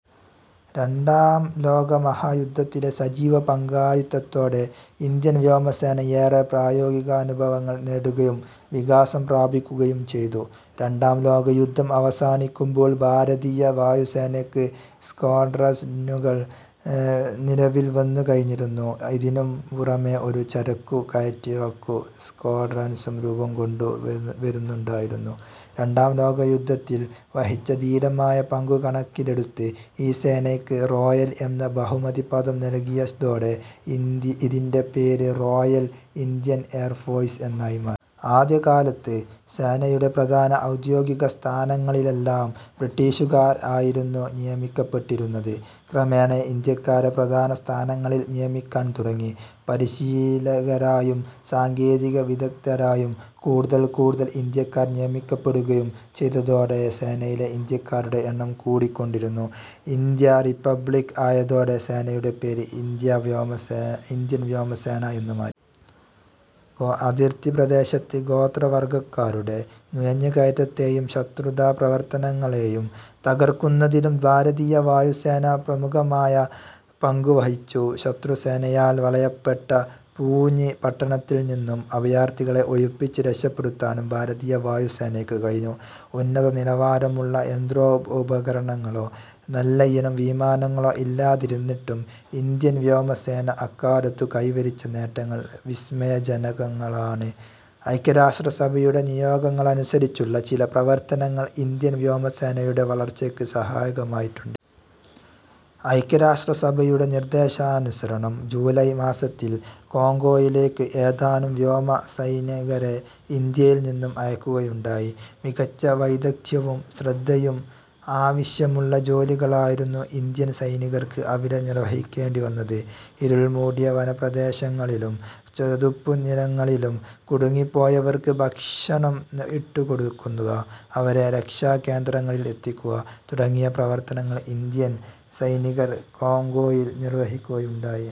രണ്ടാംലോക മഹായുദ്ധത്തിലെ സജീവ പങ്കാളിത്തത്തോടെ ഇന്ത്യൻ വ്യോമസേന ഏറെ പ്രായോഗികാനുഭവങ്ങൾ നേടുകയും വികാസം പ്രാപിക്കുകയും ചെയ്തു. രണ്ടാം ലോകയുദ്ധം അവസാനിക്കുമ്പോൾ ഭാരതീയ വായുസേനക്ക് സ്ക്വാഡ്രസ്നുകൾ നിലവിൽ വന്നുകഴിഞ്ഞിരുന്നു. ഇതിനും പുറമേ ഒരു ചരക്കു കയറ്റിറക്കു സ്ക്വാഡ്രസും രൂപംകൊണ്ടു വരുന്നുണ്ടായിരുന്നു. രണ്ടാം ലോകയുദ്ധത്തിൽ വഹിച്ച ധീരമായ പങ്കു കണക്കിലെടുത്ത് ഈ സേനയ്ക്ക് റോയൽ എന്ന ബഹുമതിപദം നൽകിയതോടെ ഇതിന്റെ പേര് റോയൽ ഇന്ത്യൻ എയർഫോഴ്സ് എന്നായി മാറി. ആദ്യകാലത്ത് സേനയുടെ പ്രധാന ഔദ്യോഗികസ്ഥാനങ്ങളിലെല്ലാം ബ്രിട്ടീഷുകാർ ആയിരുന്നു നിയമിക്കപ്പെട്ടിരുന്നത്. ക്രമേണ ഇന്ത്യാക്കാരെ പ്രധാന സ്ഥാനങ്ങളിൽ നിയമിക്കാൻ തുടങ്ങി. പരിശീലകരായും സാങ്കേതികവിദഗ്ദ്ധരായും കൂടുതൽ കൂടുതൽ ഇന്ത്യാക്കാർ നിയമിക്കപ്പെടുകയും ചെയ്തതോടെ സേനയിലെ ഇന്ത്യാക്കാരുടെ എണ്ണം കൂടിക്കൊണ്ടിരുന്നു. ഇന്ത്യ റിപ്പബ്ലിക്ക് ആയതോടെ സേനയുടെ പേരു ഇന്ത്യ വ്യോമസെ ഇന്ത്യൻ വ്യോമസേന എന്നു മാറ്റി. അതിർത്തി പ്രദേശത്ത് ഗോത്രവർഗക്കാരുടെ നുഴഞ്ഞുകയറ്റത്തെയും ശത്രുതാപ്രവർത്തനങ്ങളെയും തകർക്കുന്നതിലും ഭാരതീയ വായുസേന പ്രമുഖമായ പങ്കു വഹിച്ചു. ശത്രുസേനയാൽ വളയപ്പെട്ട പൂഞ് പട്ടണത്തിൽനിന്നും അഭയാർഥികളെ ഒഴിപ്പിച്ച് രക്ഷപ്പെടുത്താനും ഭാരതീയ വായുസേനയ്ക്ക് കഴിഞ്ഞു. ഉന്നതനിലവാരമുള്ള യന്ത്രോപകരണങ്ങളോ, നല്ലയിനം വിമാനങ്ങളോ ഇല്ലാതിരുന്നിട്ടും ഇന്ത്യൻ വ്യോമസേന അക്കാലത്തു കൈവരിച്ച നേട്ടങ്ങൾ വിസ്മയജനകങ്ങളാണ്. ഐക്യരാഷ്ട്രസഭയുടെ നിയോഗങ്ങളനുസരിച്ചുള്ള ചില പ്രവർത്തനങ്ങൾ ഇന്ത്യൻ വ്യോമസേനയുടെ വളർച്ചയ്ക്ക് സഹായകമായിട്ടുണ്ട്. ഐക്യരാഷ്ട്രസഭയുടെ നിർദ്ദേശാനുസരണം ജൂലായ് മാസത്തിൽ കോംഗോയിലേക്ക് ഏതാനും വ്യോമസൈനികരെ ഇന്ത്യയിൽ നിന്നും അയക്കുകയുണ്ടായി. മികച്ച വൈദഗ്ദ്ധ്യവും ശ്രദ്ധയും ആവശ്യമുള്ള ജോലികളായിരുന്നു ഇന്ത്യൻ സൈനികർക്ക് അവിടെ നിർവഹിക്കേണ്ടി വന്നത്. ഇരുൾമൂടിയ വനപ്രദേശങ്ങളിലും ചതുപ്പുനിലങ്ങളിലും കുടുങ്ങിപ്പോയവർക്ക് ഭക്ഷണം ഇട്ടുകൊടുക്കുക, അവരെ രക്ഷാകേന്ദ്രങ്ങളിൽ എത്തിക്കുക. തുടങ്ങിയ പ്രവർത്തനങ്ങൾ ഇന്ത്യൻ സൈനികർ കോംഗോയിൽ നിർവഹിക്കുകയുണ്ടായി.